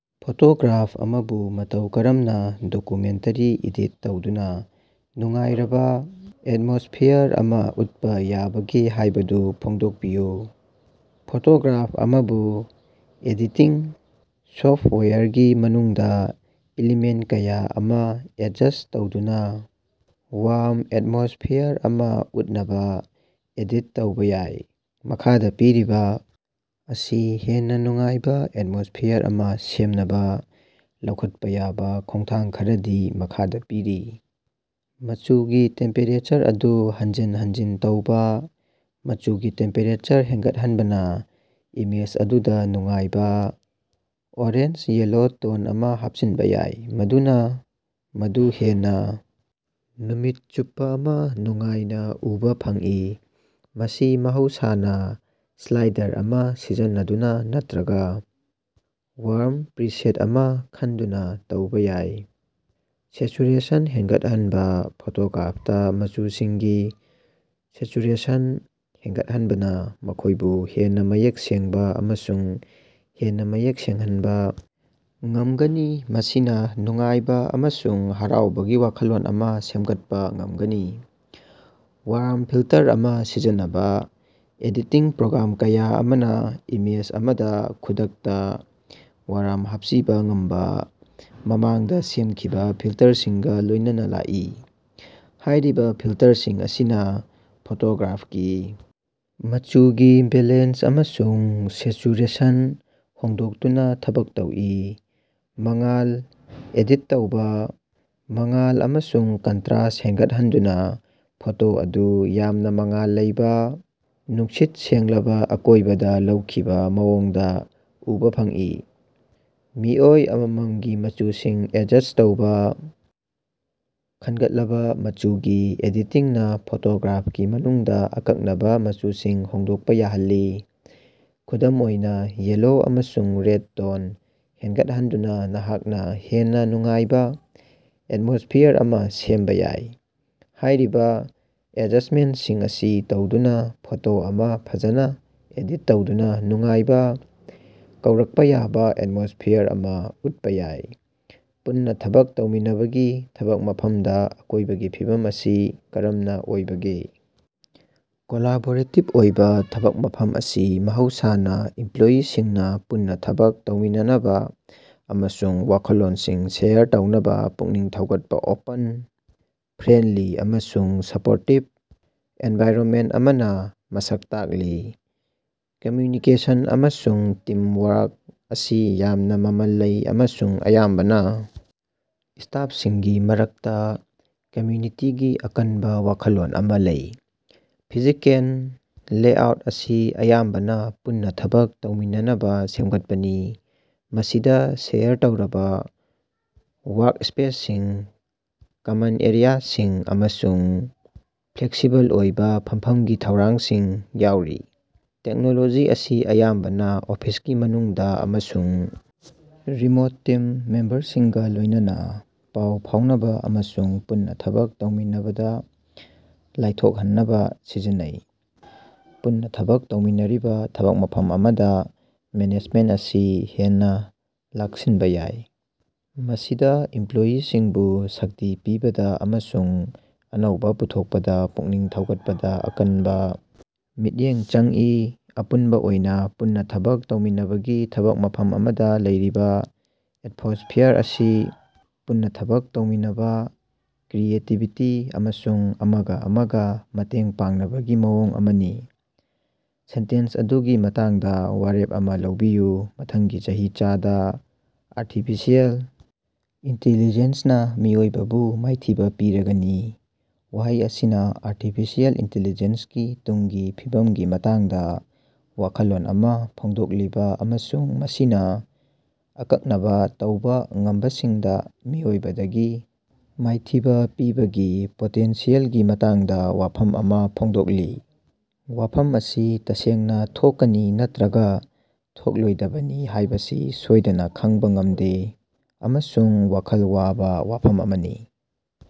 Photograph ꯑꯃꯕꯨ ꯃꯇꯧ ꯀꯔꯝꯅ ꯗꯀꯨꯃꯦꯟꯇꯥꯔꯤ ꯏꯗꯤꯠ ꯇꯧꯗꯨꯅ ꯅꯨꯡꯉꯥꯏꯔꯕ ꯑꯦꯠꯃꯣꯁꯐꯤꯌꯥꯔ ꯑꯃ ꯎꯠꯄ ꯌꯥꯕꯒꯦ ꯍꯥꯏꯕꯗꯨ ꯐꯣꯡꯗꯣꯛꯄꯤꯌꯨ꯫ ꯐꯣꯇꯣꯒ꯭ꯔꯥꯐ ꯑꯃꯕꯨ ꯑꯦꯗꯤꯇꯤꯡ ꯁꯣꯐꯇꯋꯥꯌꯔꯒꯤ ꯃꯅꯨꯡꯗ ꯏꯂꯤꯃꯦꯟꯇ ꯀꯌꯥ ꯑꯃ ꯑꯦꯗꯖꯁ꯭ꯠ ꯇꯧꯗꯨꯅ ꯋꯥ꯭ꯔꯝ ꯑꯦꯇꯃꯣꯁꯐꯤꯌꯥꯔ ꯑꯃ ꯎꯠꯅꯕ ꯑꯦꯗꯤꯠ ꯇꯧꯕ ꯌꯥꯏ꯫ ꯃꯈꯥꯗ ꯄꯤꯔꯤꯕ ꯑꯁꯤ ꯍꯦꯟꯅ ꯅꯨꯡꯉꯥꯏꯕ ꯑꯦꯠꯃꯣꯁꯐꯤꯌꯥꯔ ꯑꯃ ꯁꯦꯝꯅꯕ ꯂꯧꯈꯠꯄ ꯌꯥꯕ ꯈꯣꯡꯊꯥꯡ ꯈꯔꯗꯤ ꯃꯈꯥꯗ ꯄꯤꯔꯤ - ꯃꯆꯨꯒꯤ ꯇꯦꯝꯄꯦꯔꯦꯆꯔ ꯑꯗꯨ ꯍꯟꯖꯤꯟ ꯍꯟꯖꯤꯟ ꯇꯧꯕ -ꯃꯆꯨꯒꯤ ꯇꯦꯝꯄꯦꯔꯦꯆꯔ ꯍꯦꯟꯒꯠꯍꯟꯕꯅ ꯏꯃꯦꯖ ꯑꯗꯨꯗ ꯅꯨꯡꯉꯥꯏꯕ, ꯑꯣꯔꯦꯟꯖ-ꯌꯦꯂꯣ ꯇꯣꯟ ꯑꯃ ꯍꯥꯞꯆꯤꯟꯕ ꯌꯥꯏ, ꯃꯗꯨꯅ ꯃꯗꯨ ꯍꯦꯟꯅ ꯅꯨꯃꯤꯠ ꯆꯨꯞꯄ ꯑꯃ ꯅꯨꯡꯉꯥꯏꯅ ꯎꯕꯥ ꯐꯪꯏ꯫ ꯃꯁꯤ ꯃꯍꯧꯁꯥꯅ ꯁ꯭ꯂꯥꯏꯗꯔ ꯑꯃ ꯁꯤꯖꯤꯟꯅꯗꯨꯅ ꯅꯠꯇꯔꯒ ꯋꯥꯔꯝ ꯄ꯭ꯔꯤꯁꯦꯠ ꯑꯃ ꯈꯟꯗꯨꯅ ꯇꯧꯕ ꯌꯥꯏ꯫ ꯁꯦꯆꯨꯔꯦꯁꯟ ꯍꯦꯟꯒꯠꯍꯟꯕ - ꯐꯣꯇꯣꯒ꯭ꯔꯥꯐꯇꯥ ꯃꯆꯨꯁꯤꯡꯒꯤ ꯁꯦꯆꯨꯔꯦꯁꯟ ꯍꯦꯟꯒꯠꯍꯟꯕꯅ ꯃꯈꯣꯏꯕꯨ ꯍꯦꯟꯅ ꯃꯌꯦꯛ ꯁꯦꯡꯕ ꯑꯃꯁꯨꯡ ꯍꯦꯟꯅ ꯃꯌꯦꯛ ꯁꯦꯡꯍꯟꯕ ꯉꯝꯒꯅꯤ, ꯃꯁꯤꯅ ꯅꯨꯡꯉꯥꯏꯕ ꯑꯃꯁꯨꯡ ꯍꯔꯥꯎꯕꯒꯤ ꯋꯥꯈꯜꯂꯣꯟ ꯑꯃ ꯁꯦꯝꯒꯠꯄ ꯉꯝꯒꯅꯤ꯫ ꯋꯥꯔꯝ ꯐꯤꯜꯇꯔ ꯑꯃ ꯁꯤꯖꯤꯟꯅꯕ - ꯑꯦꯗꯤꯇꯤꯡ ꯄ꯭ꯔꯣꯒ꯭ꯔꯥꯝ ꯀꯌꯥ ꯑꯃꯅ ꯏꯃꯦꯖ ꯑꯃꯗ ꯈꯨꯗꯛꯇ ꯋꯥꯔꯝ ꯍꯥꯞꯆꯤꯕ ꯉꯝꯕ ꯃꯃꯥꯡꯗ ꯁꯦꯝꯈꯤꯕ ꯐꯤꯜꯇꯔꯁꯤꯡꯒ ꯂꯣꯏꯅꯅ ꯂꯥꯛꯏ꯫ ꯍꯥꯏꯔꯤꯕ ꯐꯤꯜꯇꯔꯁꯤꯡ ꯑꯁꯤꯅ ꯐꯣꯇꯣꯒ꯭ꯔꯥꯐꯀꯤ ꯃꯆꯨꯒꯤ ꯕꯦꯂꯦꯟꯁ ꯑꯃꯁꯨꯡ ꯁꯦꯆꯨꯔꯦꯁꯟ ꯍꯣꯡꯗꯣꯛꯇꯨꯅ ꯊꯕꯛ ꯇꯧꯏ꯫ ꯃꯉꯥꯜ ꯑꯦꯗꯤꯠ ꯇꯧꯕ - ꯃꯉꯥꯜ ꯑꯃꯁꯨꯡ ꯀꯟꯇꯔ꯭ꯁꯠ ꯍꯦꯟꯒꯠꯍꯟꯗꯨꯅ ꯐꯣꯇꯣ ꯑꯗꯨ ꯌꯥꯝꯅ ꯃꯉꯥꯜ ꯂꯩꯕ, ꯅꯨꯡꯁꯤꯠ ꯁꯦꯡꯂꯕ ꯑꯀꯣꯏꯕꯗ ꯂꯧꯈꯤꯕ ꯃꯑꯣꯡꯗ‌ ꯎꯕꯥ ꯐꯪꯏ꯫ ꯃꯤꯑꯣꯏ ꯑꯃꯃꯝꯒꯤ ꯃꯆꯨꯁꯤꯡ ꯑꯦꯗꯖꯁ꯭ꯠ ꯇꯧꯕ - ꯈꯟꯒꯠꯂꯕ ꯃꯆꯨꯒꯤ ꯑꯦꯗꯤꯇꯤꯡꯅ ꯐꯣꯇꯣꯒ꯭ꯔꯥꯐꯀꯤ ꯃꯅꯨꯡꯗ ꯑꯀꯛꯅꯕ ꯃꯆꯨꯁꯤꯡ ꯍꯣꯡꯗꯣꯛꯄ ꯌꯥꯍꯜꯂꯤ꯫ ꯈꯨꯗꯝ ꯑꯣꯏꯅ, ꯌꯦꯜꯂꯣ ꯑꯃꯁꯨꯡ ꯔꯦꯗ ꯇꯣꯟ ꯍꯦꯟꯒꯠꯍꯟꯗꯨꯅ ꯅꯍꯥꯛꯅ ꯍꯦꯟꯅ ꯅꯨꯡꯉꯥꯏꯕ ꯑꯦꯠꯃꯣꯁ꯭ꯐꯤꯌꯥꯔ ꯑꯃ ꯁꯦꯝꯕ ꯌꯥꯏ꯫ ꯍꯥꯏꯔꯤꯕ ꯑꯦꯗꯖꯁ꯭ꯇꯃꯦꯟꯇꯁꯤꯡ ꯑꯁꯤ ꯇꯧꯗꯨꯅ ꯐꯣꯇꯣ ꯑꯃ ꯐꯖꯅ ꯑꯦꯗꯤꯠ ꯇꯧꯗꯨꯅ ꯅꯨꯡꯉꯥꯏꯕ, ꯀꯧꯔꯛꯄ ꯌꯥꯕ ꯑꯦꯠꯃꯣꯁ꯭ꯐꯤꯌꯥꯔ ꯑꯃ ꯎꯠꯄ ꯌꯥꯏ꯫ ꯄꯨꯟꯅ ꯊꯕꯛ ꯇꯧꯃꯤꯟꯅꯕꯒꯤ ꯊꯕꯛ ꯃꯐꯝꯗ ꯑꯀꯣꯏꯕꯒꯤ ꯐꯤꯕꯝ ꯑꯁꯤ ꯀꯔꯝꯅ ꯑꯣꯏꯕꯒꯦ? ꯀꯣꯂꯥꯕꯣꯔꯦꯇꯤꯕ ꯑꯣꯏꯕ ꯊꯕꯛ ꯃꯐꯝ ꯑꯁꯤ ꯃꯍꯧꯁꯥꯅ ꯏꯝꯄ꯭ꯂꯣꯌꯤꯁꯤꯡꯅ ꯄꯨꯟꯅ ꯊꯕꯛ ꯇꯧꯃꯤꯟꯅꯅꯕ ꯑꯃꯁꯨꯡ ꯋꯥꯈꯜꯂꯣꯟꯁꯤꯡ ꯁꯦꯌꯔ ꯇꯧꯅꯕ ꯄꯨꯛꯅꯤꯡ ꯊꯧꯒꯠꯄ ꯑꯣꯄꯟ, ꯐ꯭ꯔꯦꯟꯗꯂꯤ ꯑꯃꯁꯨꯡ ꯁꯄꯣꯔꯇꯤꯕ ꯑꯦꯟꯚꯥꯏꯔꯟꯃꯦꯟꯇ ꯑꯃꯅ ꯃꯁꯛ ꯇꯥꯛꯂꯤ꯫ ꯀꯝꯃ꯭ꯌꯨꯅꯤꯀꯦꯁꯟ ꯑꯃꯁꯨꯡ ꯇꯤꯝꯋꯥꯔꯛ ꯑꯁꯤ ꯌꯥꯝꯅ ꯃꯃꯜ ꯂꯩ, ꯑꯃꯁꯨꯡ ꯑꯌꯥꯝꯕꯅ ꯁ꯭ꯇꯥꯐꯁꯤꯡꯒꯤ ꯃꯔꯛꯇ ꯀꯝꯃ꯭ꯌꯨꯅꯤꯇꯤꯒꯤ ꯑꯀꯟꯕ ꯋꯥꯈꯜꯂꯣꯟ ꯑꯃ ꯂꯩ꯫ ꯐꯤꯖꯤꯀꯦꯜ ꯂꯦꯑꯥꯎꯠ ꯑꯁꯤ ꯑꯌꯥꯝꯕꯅ ꯄꯨꯟꯅ ꯊꯕꯛ ꯇꯧꯃꯤꯟꯅꯅꯕ ꯁꯦꯝꯒꯠꯄꯅꯤ, ꯃꯁꯤꯗ ꯁꯦꯌꯔ ꯇꯧꯔꯕ ꯋꯥꯔꯛꯁ꯭ꯄꯦꯁꯁꯤꯡ, ꯀꯃꯟ ꯑꯦꯔꯤꯌꯥꯁꯤꯡ, ꯑꯃꯁꯨꯡ ꯐ꯭ꯂꯦꯛꯁꯤꯕꯜ ꯑꯣꯏꯕ ꯐꯝꯐꯝꯒꯤ ꯊꯧꯔꯥꯡꯁꯤꯡ ꯌꯥꯎꯔꯤ꯫ ꯇꯦꯛꯅꯣꯂꯣꯖꯤ ꯑꯁꯤ ꯑꯌꯥꯝꯕꯅ ꯑꯣꯐꯤꯁꯀꯤ ꯃꯅꯨꯡꯗ ꯑꯃꯁꯨꯡ ꯔꯤꯃꯣꯠ ꯇꯤꯝ ꯃꯦꯝꯕꯔꯁꯤꯡꯒ ꯂꯣꯏꯅꯅ ꯄꯥꯎ ꯐꯥꯎꯅꯕ ꯑꯃꯁꯨꯡ ꯄꯨꯟꯅ ꯊꯕꯛ ꯇꯧꯃꯤꯟꯅꯕꯗ ꯂꯥꯏꯊꯣꯛꯍꯟꯅꯕ ꯁꯤꯖꯤꯟꯅꯩ꯫ ꯄꯨꯟꯅ ꯊꯕꯛ ꯇꯧꯃꯤꯟꯅꯔꯤꯕ ꯊꯕꯛ ꯃꯐꯝ ꯑꯃꯗ ꯃꯦꯅꯦꯖꯃꯦꯟꯇ ꯑꯁꯤ ꯍꯦꯟꯅ ꯂꯥꯛꯁꯤꯟꯕ ꯌꯥꯏ, ꯃꯁꯤꯗ ꯏꯝꯄ꯭ꯂꯣꯌꯤꯁꯤꯡꯕꯨ ꯁꯛꯇꯤ ꯄꯤꯕꯗ ꯑꯃꯁꯨꯡ ꯑꯅꯧꯕ ꯄꯨꯊꯣꯛꯄꯗ ꯄꯨꯛꯅꯤꯡ ꯊꯧꯒꯠꯄꯗ ꯑꯀꯟꯕ ꯃꯤꯠꯌꯦꯡ ꯆꯪꯏ꯫ ꯑꯄꯨꯟꯕ ꯑꯣꯏꯅ, ꯄꯨꯟꯅ ꯊꯕꯛ ꯇꯧꯃꯤꯟꯅꯕꯒꯤ ꯊꯕꯛ ꯃꯐꯝ ꯑꯃꯗ ꯂꯩꯔꯤꯕ ꯑꯦꯠꯃꯣꯁ꯭ꯐꯤꯌꯥꯔ ꯑꯁꯤ ꯄꯨꯟꯅ ꯊꯕꯛ ꯇꯧꯃꯤꯟꯅꯕ, ꯀ꯭ꯔꯤꯌꯦꯇꯤꯕꯤꯇꯤ ꯑꯃꯁꯨꯡ ꯑꯃꯒ ꯑꯃꯒ ꯃꯇꯦꯡ ꯄꯥꯡꯅꯕꯒꯤ ꯃꯑꯣꯡ ꯑꯃꯅꯤ꯫ ꯁꯦꯟꯇꯦꯟꯁ ꯑꯗꯨꯒꯤ ꯃꯇꯥꯡꯗ ꯋꯥꯔꯦꯞ ꯑꯃ ꯂꯧꯕꯤꯌꯨ꯫ ꯃꯊꯪꯒꯤ ꯆꯍꯤꯆꯥꯗ ꯑꯥꯔꯇꯤꯐꯤꯁꯤꯑꯦꯜ ꯏꯟꯇꯦꯂꯤꯖꯦꯟꯁꯅ ꯃꯤꯑꯣꯏꯕꯕꯨ ꯃꯥꯏꯊꯤꯕ ꯄꯤꯔꯒꯅꯤ꯫ ꯋꯥꯍꯩ ꯑꯁꯤꯅ ꯑꯥꯔꯇꯤꯐꯤꯁꯤꯑꯦꯜ ꯏꯟꯇꯦꯂꯤꯖꯦꯟꯁꯀꯤ ꯇꯨꯡꯒꯤ ꯐꯤꯕꯝꯒꯤ ꯃꯇꯥꯡꯗ ꯋꯥꯈꯜꯂꯣꯟ ꯑꯃ ꯐꯣꯡꯗꯣꯛꯂꯤ ꯑꯃꯁꯨꯡ ꯃꯁꯤꯅ ꯑꯀꯛꯅꯕ ꯇꯧꯕ ꯉꯝꯕꯁꯤꯡꯗ ꯃꯤꯑꯣꯏꯕꯗꯒꯤ ꯃꯥꯏꯊꯤꯕ ꯄꯤꯕꯒꯤ ꯄꯣꯇꯦꯟꯁꯤꯌꯦꯜꯒꯤ ꯃꯇꯥꯡꯗ ꯋꯥꯐꯝ ꯑꯃ ꯐꯣꯡꯗꯣꯛꯂꯤ꯫ ꯋꯥꯐꯝ ꯑꯁꯤ ꯇꯁꯦꯡꯅ ꯊꯣꯛꯀꯅꯤ ꯅꯠꯇꯔꯒ ꯊꯣꯛꯂꯣꯏꯗꯕꯅꯤ ꯍꯥꯏꯕꯁꯤ ꯁꯣꯏꯗꯅ ꯈꯪꯕ ꯉꯝꯗꯦ ꯑꯃꯁꯨꯡ ꯋꯥꯈꯜ ꯋꯥꯕ ꯋꯥꯐꯝ ꯑꯃꯅꯤ꯫